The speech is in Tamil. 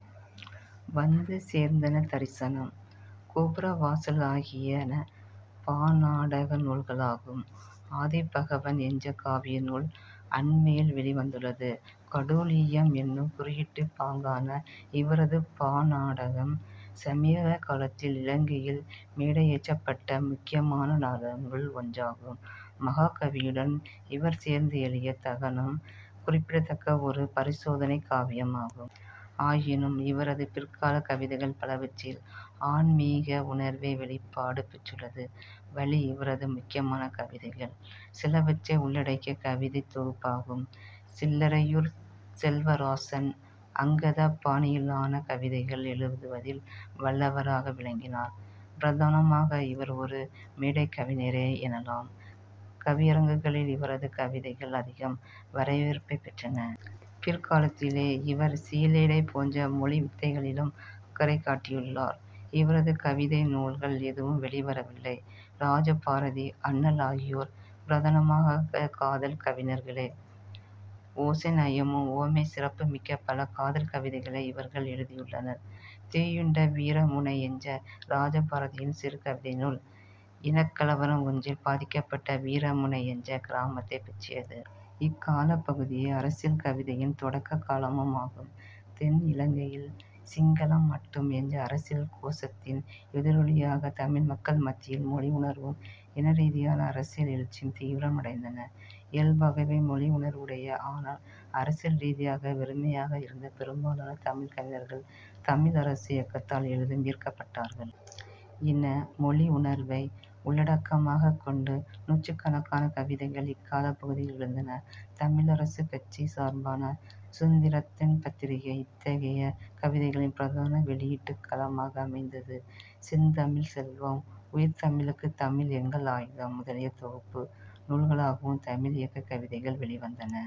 வந்து சேர்ந்தன-தரிசனம், கோபுரவாசல் ஆகியன பாநாடக நூல்களாகும். ஆதிபகவன் என்ற காவிய நூல் அண்மையில் வௌிவந்துள்ளது. கடூழியம் என்னும் குறியீட்டுப் பாங்கான இவரது பாநாடகம் சமீபகாலத்தில் இலங்கையில் மேடையேற்றப்பட்ட முக்கியமான நாடகங்களுள் ஒன்றாகும். மஹாகவியுடன் இவர் சேர்ந்து எழுதிய 'தகனம்' குறிப்பிடத்தக்க ஒரு பரிசோதனைக் காவியமாகும். ஆயினும் இவரது பிற்காலக் கவிதைகள் பலவற்றில் ஆன்மீக உணர்வே வௌிப்பாடு பெற்றுள்ளது. 'வழி' இவரது முக்கியமான கவிதைகள் சிலவற்றை உள்ளடக்கிய கவிதைத் தொகுப்பாகும். சில்லையூர் செல்வராசன் அங்கதப் பாணியிலான கவிதைகள் எழுதுவதில் வல்லவராக விளங்கினார். பிரதானமாக இவர் ஒரு மேடைக்கவிஞரே எனலாம். கவியரங்குகளில் இவரது கவிதைகள் அதிகம் வரவேற்பைப் பெற்றன. பிற்காலத்திலே இவர் சிலேடை போன்ற மொழி வித்தைகளிலும் அக்கறை காட்டியுள்ளார். இவரது கவிதை நூல்கள் எதுவும் வௌிவரவில்லை. இராஜ பாரதி, அண்ணல் ஆகியோர் பிரதானமாகக் காதல் கவிஞர்களே. ஓசைநயமும் உவமைச் சிறப்புமிக்க பல காதல் கவிதைகளை இவர்கள் எழுதியுள்ளனர். தீயுண்ட வீரமுனை என்ற இராஜ பாரதியின் சிறு கவிதை நூல் இனக்கலவரம் ஒன்றில் பாதிக்கப்பட்ட வீரமுனை என்ற கிராமத்தைப் பற்றியது. இக்காலப் பகுதியே அரசியல் கவிதையின் தொடக்க காலமும் ஆகும். தென் இலங்கையில் சிங்களம் மட்டும் என்ற அரசியல் கோசத்தின் எதிரொலியாக தமிழ் மக்கள் மத்தியில் மொழி உணர்வும் இனரீதியான அரசியல் எழுச்சியும் தீவிரம் அடைந்தன. இயல்பாகவே மொழி உணர்வுடைய, ஆனால் அரசியல் ரீதியாக வெறுமையாக இருந்த பெரும்பாலான தமிழ்க் கவிஞர்கள் 'தமிழ் அரசு' இயக்கத்தால் எளிதில் ஈர்க்கப்பட்டார்கள். இன, மொழி உணர்வை உள்ளடக்கமாகக் கொண்டு நூற்றுக்கணக்கான கவிதைகள் இக்காலப் பகுதியில் எழுந்தன. தமிழரசுக்கட்சி சார்பான சுதந்திரன் பத்திரிகை இத்தகைய கவிதைகளின் பிரதான வௌியீட்டுக் களமாக அமைந்தது. செந்தமிழ்ச் செல்வம், உயிர்தமிழுக்கு, தமிழ் எங்கள் ஆயுதம் முதலிய தொகுப்பு நூல்களாகவும் தமிழ் இயக்கக் கவிதைகள் வௌிவந்தன.